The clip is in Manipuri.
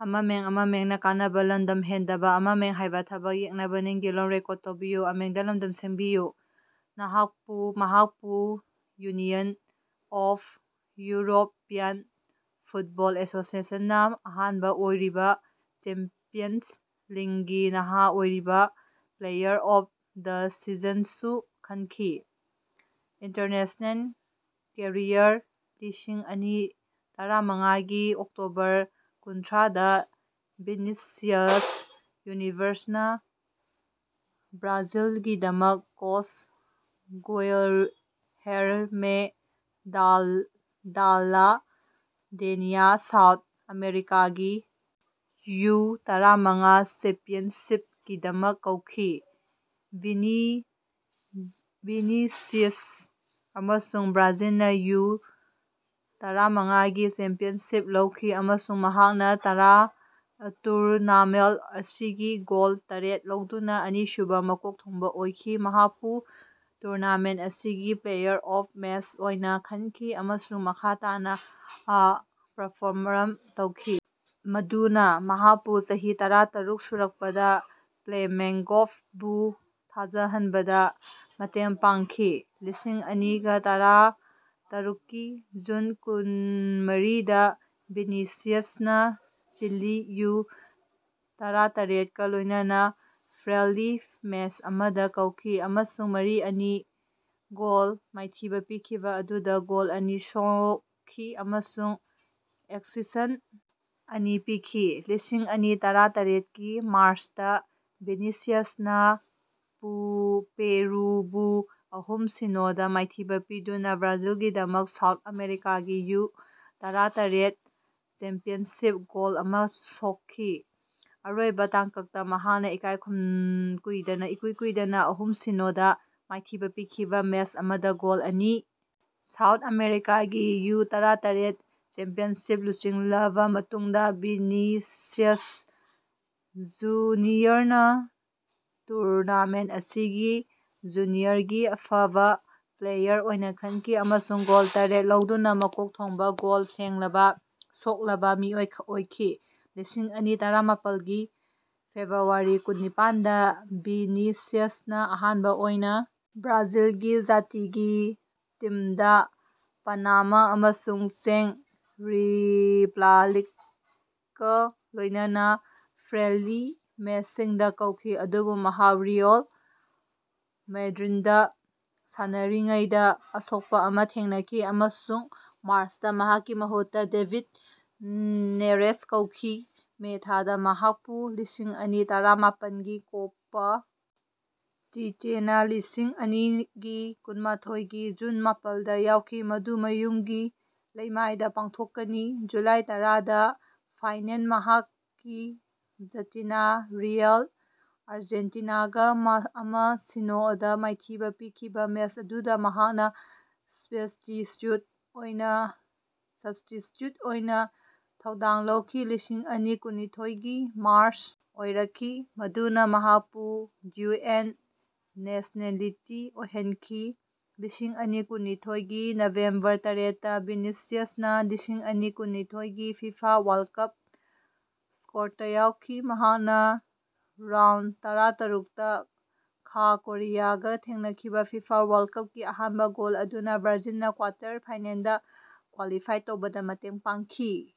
ꯃꯍꯥꯛꯄꯨ ꯌꯨꯅꯤꯌꯟ ꯑꯣꯐ ꯌꯨꯔꯣꯄꯤꯌꯥꯟ ꯐꯨꯠꯕꯣꯜ ꯑꯦꯁꯣꯁꯦꯁꯟꯅꯥ ꯑꯍꯥꯟꯕ ꯑꯣꯏꯔꯤꯕ ꯆꯦꯝꯄꯤꯌꯟꯁ ꯂꯤꯛꯀꯤ ꯅꯍꯥ ꯑꯣꯏꯔꯤꯕ ꯄ꯭ꯂꯦꯌꯥꯔ ꯑꯣꯐ ꯗ ꯁꯤꯖꯟꯁꯨ ꯈꯟꯈꯤ꯫ ꯏꯟꯇꯔꯅꯦꯁꯅꯦꯜ ꯀꯦꯔꯤꯌꯔ ꯂꯤꯁꯤꯡ ꯑꯅꯤ ꯇꯔꯥꯃꯉꯥꯒꯤ ꯑꯣꯛꯇꯣꯕꯔ ꯀꯨꯟꯊ꯭ꯔꯥꯗ ꯚꯤꯅꯤꯁꯤꯌꯁ ꯖꯨꯅꯤꯌꯔꯅ ꯕ꯭ꯔꯥꯖꯤꯜꯒꯤꯗꯃꯛ ꯀꯣꯁ ꯒꯨꯏꯜꯍꯦꯔꯃꯦ ꯗꯥꯜ ꯗꯥꯜꯂꯥ ꯗꯦꯌꯥꯅꯥ ꯁꯥꯎꯊ ꯑꯃꯦꯔꯤꯀꯥꯒꯤ ꯌꯨ-ꯇꯔꯥꯃꯉꯥ ꯆꯦꯝꯄꯤꯌꯟꯁꯤꯞꯀꯤꯗꯃꯛ ꯀꯧꯈꯤ꯫ ꯚꯤꯅꯤꯁꯤꯌꯁ ꯑꯃꯁꯨꯡ ꯕ꯭ꯔꯥꯖꯤꯜꯅ ꯌꯨ-ꯇꯔꯥꯃꯉꯥꯒꯤ ꯆꯦꯝꯄꯤꯌꯟꯁꯤꯞ ꯂꯧꯈꯤ ꯑꯃꯁꯨꯡ ꯃꯍꯥꯛꯅ ꯇꯨꯔꯅꯥꯃꯦꯟ ꯑꯁꯤꯒꯤ ꯒꯣꯜ ꯇꯔꯦꯠ ꯂꯧꯗꯨꯅꯥ ꯑꯅꯤꯁꯨꯕꯥ ꯃꯀꯣꯛ ꯊꯣꯡꯕ ꯑꯣꯏꯈꯤ꯫ ꯃꯍꯥꯛꯄꯨ ꯇꯨꯔꯅꯥꯃꯦꯟ ꯑꯁꯤꯒꯤ ꯄ꯭ꯂꯦꯌꯥꯔ ꯑꯣꯐ ꯃꯦꯠꯁ ꯑꯣꯏꯅ ꯈꯟꯈꯤ ꯑꯃꯁꯨꯡ ꯃꯈꯥ ꯇꯥꯅꯥ ꯄꯔꯐꯣꯔꯝ ꯇꯧꯈꯤ ꯃꯗꯨꯅ ꯃꯍꯥꯛꯄꯨ ꯆꯍꯤ ꯇꯔꯥꯇꯔꯨꯛ ꯁꯨꯔꯛꯄꯗ ꯐ꯭ꯂꯦꯃꯦꯡꯒꯣꯕꯨ ꯊꯥꯖꯍꯟꯕꯗꯥ ꯃꯇꯦꯡ ꯄꯥꯡꯈꯤ꯫ ꯂꯤꯁꯤꯡ ꯑꯅꯤꯒꯥ ꯇꯔꯥꯇꯔꯨꯛꯀꯤ ꯖꯨꯟ ꯀꯨꯟꯃꯔꯤꯗꯥ ꯚꯤꯅꯤꯁꯤꯌꯁꯅꯥ ꯆꯤꯂꯤ ꯌꯨ-ꯇꯔꯥꯇꯔꯦꯠꯒꯥ ꯂꯣꯢꯅꯅ ꯐ꯭ꯔꯦꯟꯂꯤ ꯃꯦꯁ ꯑꯃꯗ ꯀꯧꯈꯤ ꯑꯃꯁꯨꯡ ꯃꯔꯤ-ꯑꯅꯤ ꯒꯣꯜꯗ ꯃꯥꯏꯊꯤꯕ ꯄꯤꯈꯤꯕ ꯑꯗꯨꯗꯥ ꯒꯣꯜ ꯑꯅꯤ ꯁꯣꯛꯈꯤ ꯑꯃꯁꯨꯡ ꯑꯦꯁꯤꯁ꯭ꯠ ꯑꯅꯤ ꯄꯤꯈꯤ꯫ ꯂꯤꯁꯤꯡ ꯑꯅꯤ ꯇꯔꯥꯇꯔꯦꯠꯀꯤ ꯃꯥꯔꯁꯇꯥ ꯚꯤꯅꯤꯁꯤꯌꯁꯅꯥ ꯄꯦꯔꯨꯕꯨ ꯑꯍꯨꯝ-ꯁꯤꯅꯣ ꯗ ꯃꯥꯏꯊꯤꯕ ꯄꯤꯗꯨꯅ ꯕ꯭ꯔꯥꯖꯤꯜꯒꯤꯗꯃꯛ ꯁꯥꯎꯠ ꯑꯃꯦꯔꯤꯀꯥꯒꯤ ꯌꯨ-ꯇꯔꯥꯇꯔꯦꯠ ꯆꯦꯝꯄꯤꯌꯟꯁꯤꯞꯇ ꯒꯣꯜ ꯑꯃ ꯁꯣꯛꯈꯤ꯫ ꯑꯔꯣꯏꯕ ꯇꯥꯡꯀꯛꯇꯥ ꯃꯍꯥꯛꯅꯥ ꯏꯀꯨꯏ ꯀꯨꯏꯗꯅꯥ ꯑꯍꯨꯝ-ꯁꯤꯅꯣ ꯗ ꯃꯥꯏꯊꯤꯕ ꯄꯤꯈꯤꯕ ꯃꯦꯁ ꯑꯃꯗ ꯒꯣꯜ ꯑꯅꯤ ꯁꯥꯎꯠ ꯑꯃꯦꯔꯤꯀꯥꯒꯤ ꯌꯨ-ꯇꯔꯥꯇꯔꯦꯠ ꯆꯦꯝꯄꯤꯌꯟꯁꯤꯞꯇꯥ ꯂꯨꯆꯤꯡꯂꯕꯥ ꯃꯇꯨꯡꯗꯥ ꯚꯤꯅꯤꯁꯤꯌꯁ ꯖꯨꯅꯤꯌꯔꯅꯥ ꯇꯨꯔꯅꯥꯃꯦꯟ ꯑꯁꯤꯒꯤ ꯖꯨꯅꯤꯌꯔꯒꯤ ꯐꯕꯥ ꯄ꯭ꯂꯦꯌꯥꯔ ꯑꯣꯏꯅ ꯈꯟꯈꯤ ꯑꯃꯁꯨꯡ ꯒꯣꯜ ꯇꯔꯦꯠ ꯂꯧꯗꯨꯅꯥ ꯃꯀꯣꯛ ꯊꯣꯡꯕ ꯒꯣꯜ ꯁꯦꯡꯂꯕ ꯁꯣꯛꯂꯕꯥ ꯃꯤꯑꯣꯏ ꯑꯣꯏꯈꯤ꯫ ꯂꯤꯁꯤꯡ ꯑꯅꯤ ꯇꯔꯥꯃꯥꯄꯜꯒꯤ ꯐꯦꯕ꯭ꯔꯨꯋꯥꯔꯤ ꯀꯨꯟꯅꯤꯄꯥꯜꯗ ꯚꯤꯅꯤꯁꯤꯌꯁꯅꯥ ꯑꯍꯥꯟꯕ ꯑꯣꯏꯅ ꯕ꯭ꯔꯥꯖꯤꯜꯒꯤ ꯖꯥꯇꯤꯒꯤ ꯇꯤꯝꯗꯥ ꯄꯥꯅꯥꯃꯥ ꯑꯃꯁꯨꯡ ꯆꯦꯛ ꯔꯤꯄꯕ꯭ꯂꯤꯛꯀꯥ ꯂꯣꯢꯅꯅ ꯐ꯭ꯔꯦꯟꯂꯤ ꯃꯦꯁꯁꯤꯡꯗꯥ ꯀꯧꯈꯤ꯫ ꯑꯗꯨꯕꯨ ꯃꯍꯥꯛ ꯔꯤꯑꯦꯜ ꯃꯥꯗ꯭ꯔꯤꯠꯇꯥ ꯁꯥꯟꯅꯔꯤꯉꯩꯗꯥ ꯑꯁꯣꯛꯄ ꯑꯃ ꯊꯦꯡꯅꯈꯤ, ꯑꯃꯁꯨꯡ ꯃꯥꯔꯁꯇꯥ ꯃꯍꯥꯛꯀꯤ ꯃꯍꯨꯠꯇꯥ ꯗꯦꯕꯤꯠ ꯅꯦꯔꯦꯁ ꯀꯧꯈꯤ꯫ ꯃꯦ ꯊꯥꯗꯥ ꯃꯍꯥꯛꯄꯨ ꯂꯤꯁꯤꯡ ꯑꯅꯤ ꯇꯔꯥꯃꯥꯄꯜꯒꯤ ꯀꯣꯄꯥ ꯇꯤꯇꯦꯅꯥ ꯂꯤꯁꯤꯡ ꯑꯅꯤꯒꯤ ꯀꯨꯟꯃꯥꯊꯣꯏꯒꯤ ꯖꯨꯟ ꯃꯥꯄꯜꯗ ꯌꯥꯎꯈꯤ, ꯃꯗꯨ ꯃꯌꯨꯝꯒꯤ ꯂꯩꯃꯥꯏꯗ ꯄꯥꯡꯊꯣꯛꯀꯅꯤ꯫ ꯖꯨꯂꯥꯏ ꯇꯔꯥꯗꯥ ꯐꯥꯏꯅꯦꯜꯗꯥ ꯃꯍꯥꯛꯀꯤ ꯖꯥꯇꯤꯅꯥ ꯔꯤꯑꯦꯜ ꯑꯥꯔꯖꯦꯟꯇꯤꯅꯥꯒꯥ ꯑꯃ-ꯁꯤꯅꯣ ꯗꯥ ꯃꯥꯏꯊꯤꯕꯥ ꯄꯤꯈꯤꯕꯥ ꯃꯦꯁ ꯑꯗꯨꯗꯥ ꯃꯍꯥꯛꯅ ꯁ꯭ꯕꯁꯇꯤꯌ꯭ꯨꯠ ꯑꯣꯏꯅ ꯭ꯕꯁꯇꯤꯆ꯭ꯌꯨꯠ ꯑꯣꯏꯅ ꯊꯧꯗꯥꯡ ꯂꯧꯈꯤ꯫ ꯂꯤꯁꯤꯡ ꯑꯅꯤ ꯀꯨꯟꯅꯤꯊꯣꯏꯒꯤ ꯃꯥꯔꯁ ꯑꯣꯏꯔꯛꯈꯤ, ꯃꯗꯨꯅꯥ ꯃꯍꯥꯛꯄꯨ ꯗ꯭ꯌꯨꯑꯦꯜ-ꯅꯦꯁꯅꯦꯂꯤꯇꯤ ꯑꯣꯏꯍꯟꯈꯤ ꯫ꯂꯤꯁꯤꯡ ꯑꯅꯤ ꯀꯨꯟꯅꯤꯊꯣꯏꯒꯤ ꯅꯕꯦꯝꯕꯔ ꯇꯔꯦꯠꯇꯥ ꯚꯤꯅꯤꯁꯤꯌꯁꯅꯥ ꯂꯤꯁꯤꯡ ꯑꯅꯤ ꯀꯨꯟꯅꯤꯊꯣꯏꯒꯤ ꯐꯤꯐꯥ ꯋꯥꯔꯜ ꯀꯞꯀꯤ ꯁ꯭ꯀꯣꯌꯥꯠꯇꯥ ꯌꯥꯎꯈꯤ ꯫ ꯃꯍꯥꯛꯅ ꯔꯥꯎꯟ ꯇꯔꯥꯇꯔꯨꯛꯇꯥ ꯈꯥ ꯀꯣꯔꯤꯌꯥꯒꯥ ꯊꯦꯡꯅꯈꯤꯕꯥ ꯐꯤꯐꯥ ꯋꯥꯔꯜ ꯀꯞꯀꯤ ꯑꯍꯥꯟꯕ ꯒꯣꯜ ꯑꯗꯨꯅ ꯕ꯭ꯔꯥꯖꯤꯜꯅ ꯀ꯭ꯋꯥꯇꯔ ꯐꯥꯏꯅꯦꯜꯗ ꯀ꯭ꯋꯥꯂꯤꯐꯥꯏ ꯇꯧꯕꯗꯥ ꯃꯇꯦꯡ ꯄꯥꯡꯈꯤ꯫